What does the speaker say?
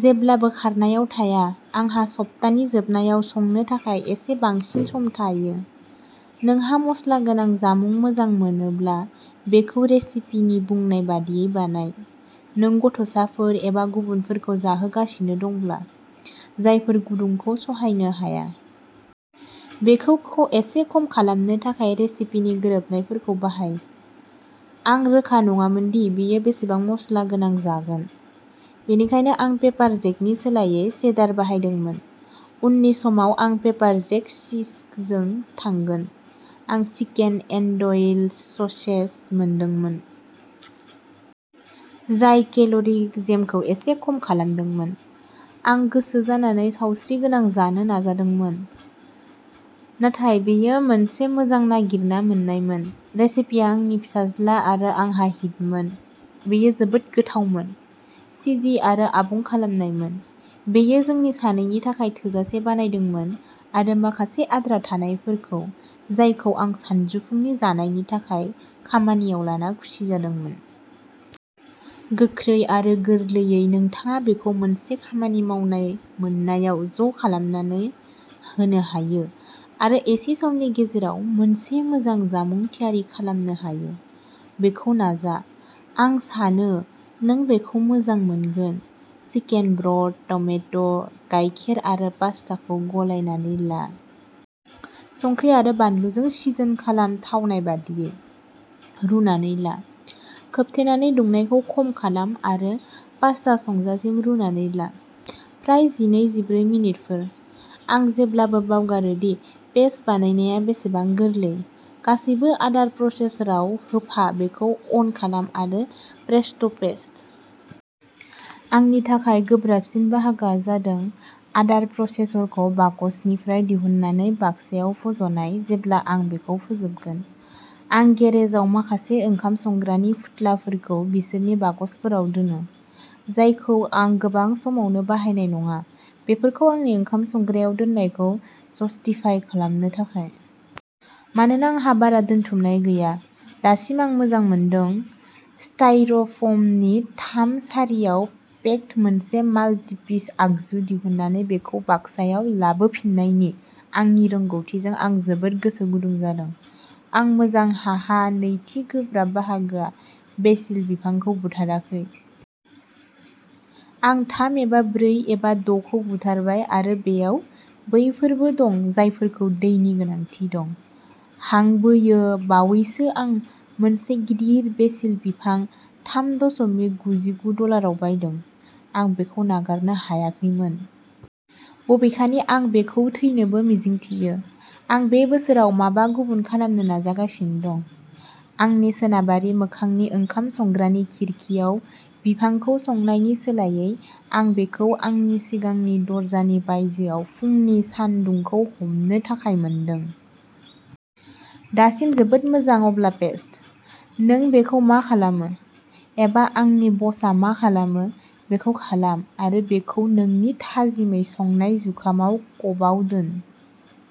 जेब्लाबो खारनायाव थाया। आंहा सप्तानि जोबनायाव संनो थाखाय एसे बांसिन सम थायो। नोंहा मस्ला गोनां जामुं मोजां मोनोब्ला बेखौ रेसिपिनि बुंनाय बायदियै बानाय। नों गथ'साफोर एबा गुबुनफोरखौ जाहोगासिनो दंब्ला। जायफोर गुदुंखौ सहायनो हाया। बेखौ एसे खम खालामनो थाखाय रेसिपिनि गोरोबनायफोरखौ बाहाय। आं रोखा नङामोन दि बेयो बेसेबां मस्ला गोनां जागोन। बेनिखायनो आं पेपार जेकनि सोलायै चेडार बाहायदोंमोन। उननि समाव आं पेपार जेक चीजजों थांगोन। आं चिकेन एन्ड'इल ससेज मोनदोंमोन। जाय केल'रि जेमखौ एसे खम खालामदोंमोन। आं गोसो जानानै सावस्रिगोनां जानो नाजादोंमोन। नाथाय बेयो मोनसे मोजां नागिरना मोननायमोन। रेसिपिया आंनि फिसाज्ला आरो आंहा हिटमोन। बेयो जोबोद गोथावमोन। चिजि आरो आबुं खालामनायमोन। बेयो जोंनि सानैनि थाखाय थोजासे बानायदोंमोन आरो माखासे आद्रा थानायफोरखौ जायखौ आं सानजौफुनि जानायनि थाखाय खामानियाव लाना खुसि जादोंमोन। गोख्रै आरो गोरलैयै नोंथाङा बेखौ मोनसे खामानि मावनाय मोनायाव ज' खालामनानै होनो हायो आरो एसे समनि गेजेराव मोनसे मोजां जामुं थियारि खालामनो हायो। बेखौ नाजा। आं सानो नों बेखौ मोजां मोनगोन। चिकेन ब्रथ, टमेट', गायखेर आरो पास्ताखौ गलायनानै ला। संख्रि आरो बानलुजों सिजन खालाम थावनाय बादियै। रुनानै ला। खोबथेनानै दुंनायखौ खम खालाम आरो पास्ता संजासिम रुनानै ला। फ्राय जिनै-जिब्रै मिनिटफोर। आं जेब्लाबो बावगारो दि पेस्ट बानायनाया बेसेबां गोरलै। गासैबो आदार प्रसेसराव होफा बेखौ अन खालाम आरो प्रेस्ट' पेस्ट। आंनि थाखाय गोब्राबसिन बाहागोआ जादों आदार प्रसेसरखौ बक्सनिफ्राय दिहुननानै बाक्सायाव फज'नाय जेब्ला आं बेखौ फोजोबगोन। आं गेरेजाव माखासे ओंखाम संग्रानि फुथुलाफोरखौ बिसोरनि बक्सफोराव दोनो। जायखौ आं गोबां समावनो बाहायनाय नङा। बेफोरखौ आंनि ओंखाम संग्रायाव दोननायखौ जस्टिफाइ खालामनो थाखाय। मानोना आंहा बारा दोनथुमनाय गैया। दासिम आं मोजां मोनदों। स्टायरफ'मनि थाम सारिआव पेक्ड मोनसे माल्टि पिस आगजु दिहुननानै बेखौ बाक्सायाव लाबोफिननायनि आंनि रोंग'थिजों आं जोबोद गोसो गुदुं जादों। आं मोजां हाहा नैथि गोब्राब बाहागोआ बेसिल बिफांखौ बुथाराखै। आं थाम एबा ब्रै एबा द’ खौ बुथारबाय आरो बेयाव बैफोरबो दं जायफोरखौ दैनि गोनांथि दं। हां बोयो बावैसो आं मोनसे गिदिर बेसिल बिफां थाम दशमिक गुजिगु डलाराव बायदों। आं बेखौ नागारनो हायाखैमोन। बबेखानि आं बेखौ थैनोबो मिजिंथियो। आं बे बोसोराव माबा गुबुन खालामनो नाजागासिनो दं। आंनि सोनाबारि मोखांनि ओंखाम संग्रानि खिरखिआव बिफांखौ संनायनि सोलायै आं बेखौ आंनि सिगांनि दरजानि बायजोआव फुंनि सानदुंखौ हमनो थाखाय मोनदों। दासिम जोबोद मोजां अब्ला पेस्ट। नों बेखौ मा खालामो? एबा आंनि बसआ मा खालामो बेखौ खालाम आरो बेखौ नोंनि थाजिमै संनाय जुखामाव क'बआव दोन।